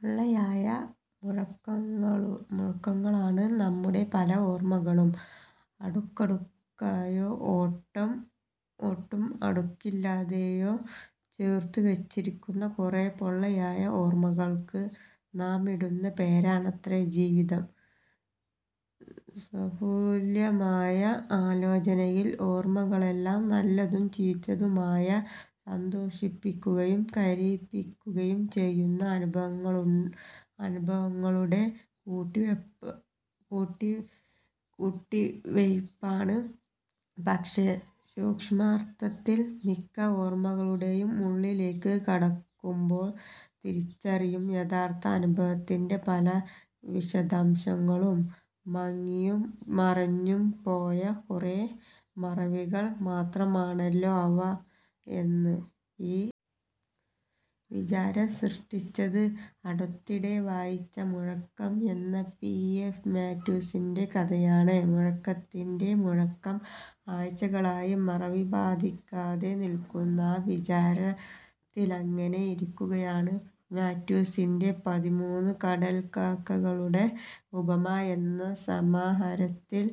പൊള്ളയായ മുഴക്കങ്ങളാണ് നമ്മുടെ പല ഓർമകളും. അടുക്കടുക്കായോ ഒട്ടും അടുക്കില്ലാതെയോ ചേർത്തുവച്ചിരിക്കുന്ന കുറെ പൊള്ളയായ ഓർമകൾക്ക് നാമിടുന്ന പേരത്രേ ജീവിതം. സ്ഥൂലമായ ആലോചനയിൽ ഓർമകളെല്ലാം നല്ലതും ചീത്തയുമായ, സന്തോഷിപ്പിക്കുകയും കരയിപ്പിക്കുകയും ചെയ്യുന്ന അനുഭവങ്ങളുടെ കൂട്ടിവയ്പാണ്. പക്ഷേ സൂക്ഷ്മാർഥത്തിൽ മിക്ക ഓർമകളുടെയും ഉള്ളിലേക്കു കടക്കുമ്പോൾ തിരിച്ചറിയും, യഥാർഥ അനുഭവത്തിൻ്റെ പല വിശദാംശങ്ങളും മങ്ങിയും മറഞ്ഞും പോയ കുറെ മറവികൾ മാത്രമാണല്ലോ അവ എന്ന്.ഈ വിചാരം സൃഷ്ടിച്ചത് അടുത്തിടെ വായിച്ച മുഴക്കം എന്ന പി എഫ് മാത്യൂസിൻ്റെ കഥയാണ്. മുഴക്കത്തിൻ്റെ മുഴക്കം ആഴ്ചകളായി മറവി ബാധിക്കാതെ നിൽക്കുന്നു. ആ വിചാരത്തിലങ്ങനെ ഇരിക്കെയാണ് മാത്യൂസിൻ്റെ പതിമൂന്ന് കടൽക്കാക്കകളുടെ ഉപമ എന്ന സമാഹാരത്തിൽ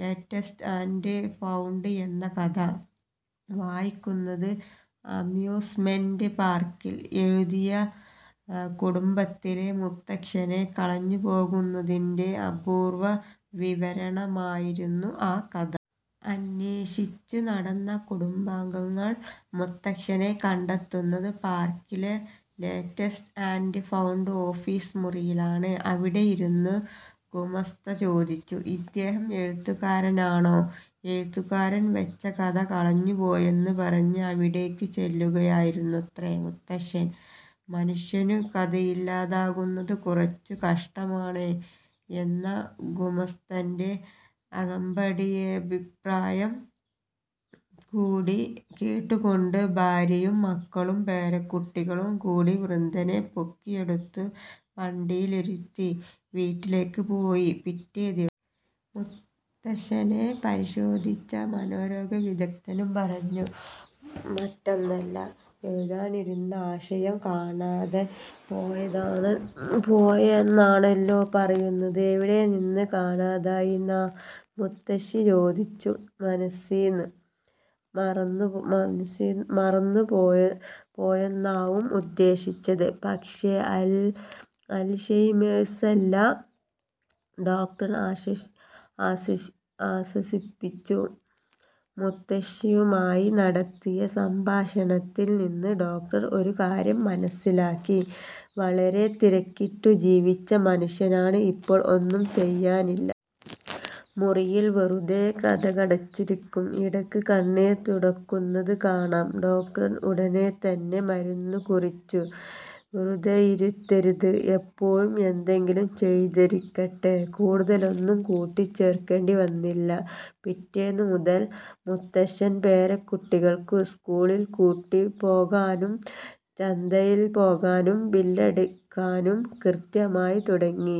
ലോസ്റ്റ് ആൻഡ് ഫൗണ്ട് എന്ന കഥ വായിക്കുന്നത്. അമ്യൂസ്മെന്റ് പാർക്കിൽ എത്തിയ കുടുംബത്തിലെ മുത്തശ്ശനെ കളഞ്ഞുപോകുന്നതിൻ്റെ അപൂർവ വിവരണമായിരുന്നു ആ കഥ. അന്വേഷിച്ചുനടന്ന കുടുംബാംഗങ്ങൾ മുത്തശ്ശനെ കണ്ടെത്തുന്നത് പാർക്കിലെ ലോസ്റ്റ് ആൻഡ് ഫൗണ്ട് ഓഫീസ് മുറിയിലാണ്. അവിടെയിരുന്ന ഗുമസ്ത ചോദിച്ചു. ഇദ്ദേഹം എഴുത്തുകാരനാണോ? എഴുതാൻ വച്ച കഥ കളഞ്ഞുപോയെന്നു പറഞ്ഞ് അവിടേക്കു ചെല്ലുകയായിരുന്നത്രെ മുത്തശ്ശൻ. മനുഷ്യനു കഥയില്ലാതാകുന്നതു കുറച്ചു കഷ്ടമാണേ എന്ന ഗുമസ്തൻ്റെ അകമ്പടിയഭിപ്രായം കൂടി കേട്ടുകൊണ്ട് ഭാര്യയും മക്കളും പേരക്കുട്ടികളും കൂടി വൃദ്ധനെ പൊക്കിയെടുത്തു വണ്ടിയിലിരുത്തി വീട്ടിലേക്കു പോയി. പിറ്റേദിവസം മുത്തശ്ശനെ പരിശോധിച്ച മനോരോഗ വിദഗ്ധനും പറഞ്ഞതു മറ്റൊന്നല്ല. എഴുതാനിരുന്ന ആശയം കാണാതെ പോയെന്നാണല്ലോ പറയുന്നത്. എവിടെ നിന്നു കാണാതായീന്നാ? മുത്തശ്ശി ചോദിച്ചു. മനസ്സീന്ന്. മറന്നുപോയെന്നാവും ഉദ്ദേശിച്ചത്. പക്ഷേ അൽഷൈമേഴ്സല്ല. ഡോക്ടർ ആശ്വസിപ്പിച്ചു. മുത്തശ്ശിയുമായി നടത്തിയ സംഭാഷണത്തിൽ നിന്ന് ഡോക്ടർ ഒരു കാര്യം മനസ്സിലാക്കി. വളരെ തിരക്കിട്ടു ജീവിച്ച മനുഷ്യനാണ്. ഇപ്പോൾ ഒന്നും ചെയ്യുന്നില്ല. മുറിയിൽ വെറുതെ കതകടച്ചിരിക്കും. ഇടയ്ക്ക് കണ്ണീർ തുടയ്ക്കുന്നതു കാണാം. ഡോക്ടർ ഉടൻ തന്നെ മരുന്നു കുറിച്ചു. വെറുതെയിരുത്തരുത്. എപ്പോഴും എന്തെങ്കിലും ചെയ്തിരിക്കട്ടെ. കൂടുതലൊന്നും കൂട്ടിച്ചേർക്കേണ്ടി വന്നില്ല. പിറ്റേന്നു മുതൽ മുത്തശ്ശൻ പേരക്കുട്ടികൾക്ക് സ്കൂളിൽ കൂട്ടിപ്പോകാനും ചന്തയിൽ പോകാനും ബില്ലടയ്ക്കാനും കൃത്യമായി തുടങ്ങി.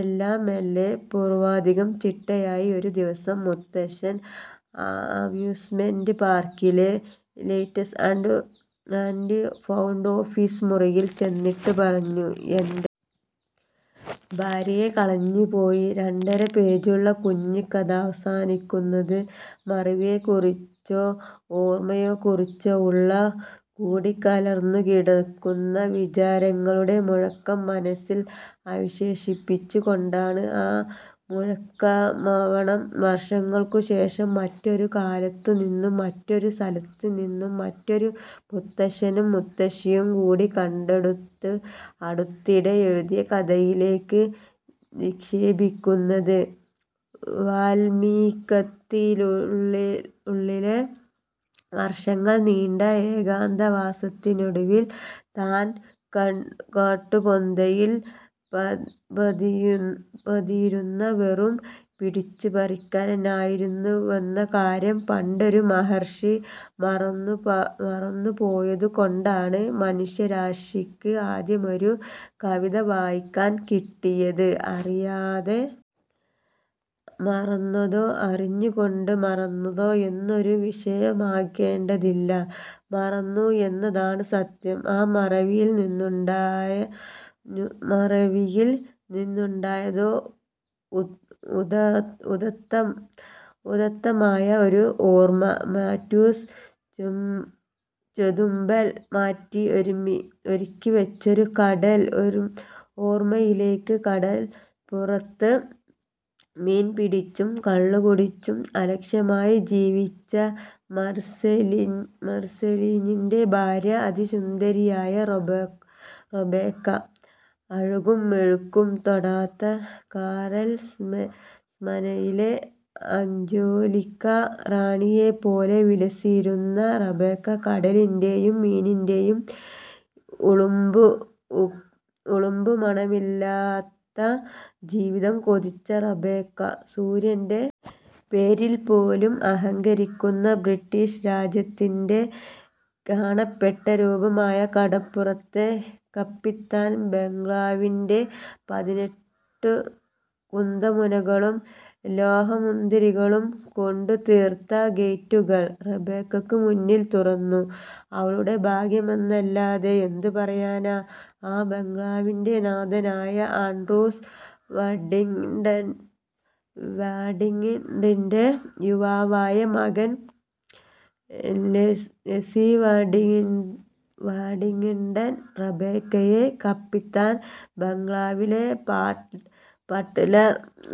എല്ലാമെല്ലാം പൂർവാധികം ചിട്ടയായി. ഒരു ദിവസം മുത്തശ്ശൻ അമ്യൂസ്മെന്റ് പാർക്കിലെ ലോസ്റ്റ് ആൻഡ് ഫൗണ്ട് ഓഫീസ് മുറിയിൽ ചെന്നിട്ടു പറഞ്ഞു. എൻ്റെ ഭാര്യയെ കളഞ്ഞുപോയി. രണ്ടര പേജുള്ള കുഞ്ഞുകഥ അവസാനിക്കുന്നത് മറവിയെക്കുറിച്ചോ ഓർമയെക്കുറിച്ചോ ഉള്ള കൂടിക്കലർന്നുകിടക്കുന്ന വിചാരങ്ങളുടെ മുഴക്കം മനസ്സിൽ അവശേഷിപ്പിച്ചുകൊണ്ടാണ്. ആ മുഴക്കമാവണം വർഷങ്ങൾക്കു ശേഷം മറ്റൊരു കാലത്തുനിന്നും മറ്റൊരു സ്ഥലത്തുനിന്നും മറ്റൊരു മുത്തശ്ശനും മുത്തശ്ശിയും കൂടി കണ്ടെടുത്ത് അടുത്തിടെ എഴുതിയ കഥയിലേക്ക് വിക്ഷേപിക്കുന്നത്. വാല്മീകത്തിനുള്ളിലെ വർഷങ്ങൾ നീണ്ട ഏകാന്തവാസത്തിനൊടുവിൽ, താൻ കാട്ടുപൊന്തയിൽ പതിയിരുന്ന വെറും പിടിച്ചുപറിക്കാരനായിരുന്നുവെന്ന കാര്യം പണ്ടൊരു മഹർഷി മറന്നുപോയതുകൊണ്ടാണ് മനുഷ്യരാശിക്ക് ആദ്യമായൊരു കവിത വായിക്കാൻ കിട്ടിയത്. അറിയാതെ മറന്നതോ അറിഞ്ഞുകൊണ്ട് മറന്നതോ എന്നതൊരു വിഷയമാക്കേണ്ടതില്ല. മറന്നു എന്നത് സത്യം. ആ മറവിയിൽ നിന്നുണ്ടായതോ ഉദാത്തമായ ഒരു ഓർമ. മാത്യൂസ് ചെതുമ്പൽ മാറ്റി ഒരുക്കിവച്ചൊരു കടൽ ഓർമയിലേക്ക് കടൽപ്പുറത്ത് മീൻ പിടിച്ചും കള്ളുകുടിച്ചും അലക്ഷ്യമായി ജീവിച്ച മർസലീഞ്ഞിൻ്റെ ഭാര്യ അതിസുന്ദരിയായ റബേക്ക. അഴുക്കും മെഴുക്കും തൊടാതെ കാറൽസ്മാനിലെ അഞ്ജേലിക്കാ റാണിയെപ്പോലെ വിലസിയിരുന്ന റബേക്ക കടലിൻ്റെയും മീനിൻ്റെയും ഉളുമ്പുമണമില്ലാത്ത ജീവിതം കൊതിച്ച റബേക്ക. സൂര്യൻ്റെ പേരിൽ പോലും അഹങ്കരിക്കുന്ന ബ്രിട്ടീഷ് രാജ്യത്തിൻ്റെ കാണപ്പെട്ട രൂപമായ കടപ്പുറത്തെ കപ്പിത്താൻ ബംഗ്ലാവിൻ്റെ പതിനെട്ടുകുന്തമുനകളും ലോഹമുന്തിരികളും കൊണ്ടുതീർത്ത ഗേറ്റുകൾ റബേക്കയ്ക്കു മുന്നിൽ തുറന്നു. അവളുടെ ഭാഗ്യമെന്നല്ലാതെ എന്തു പറയാനാണ്.ആ ബംഗ്ലാവിൻ്റെ നാഥനായ ആൻഡ്രൂ വാഡിങ്ടണിൻ്റെ യുവാവായ മകൻ ലെസ്ലി വാഡിങ്ടൺ റബേക്കയെ കപ്പിത്താൻ ബംഗ്ലാവിലെ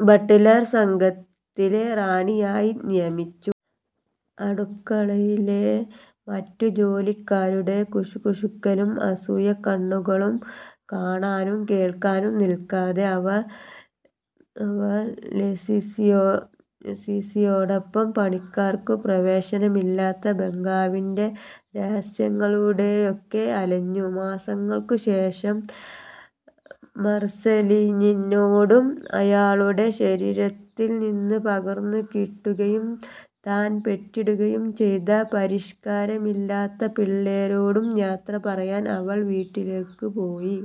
ബട്ലർ സംഘത്തിലെ റാണിയായി നിയമിച്ചു. അടുക്കളയിലെ മറ്റു ജോലിക്കാരുടെ കുശുകുശുക്കലും അസൂയക്കണ്ണുകളും കാണാനും കേൾക്കാനും നിൽക്കാതെ അവൾ ലെസ്ലിയോടൊപ്പം പണിക്കാർക്ക് പ്രവേശനമില്ലാത്ത ബംഗ്ലാവിൻ്റെ രഹസ്യങ്ങളിലൂടെയൊക്കെ അലഞ്ഞു. മാസങ്ങൾക്കു ശേഷം മർസലീഞ്ഞിനോടും അയാളുടെ ശരീരത്തിൽനിന്നു പകർന്നുകിട്ടുകയും താൻ പെറ്റിടുകയും ചെയ്ത പരിഷ്കാരമില്ലാത്ത പിള്ളാരോടും യാത്ര പറയാൻ അവൾ വീട്ടിലേക്കു പോയി.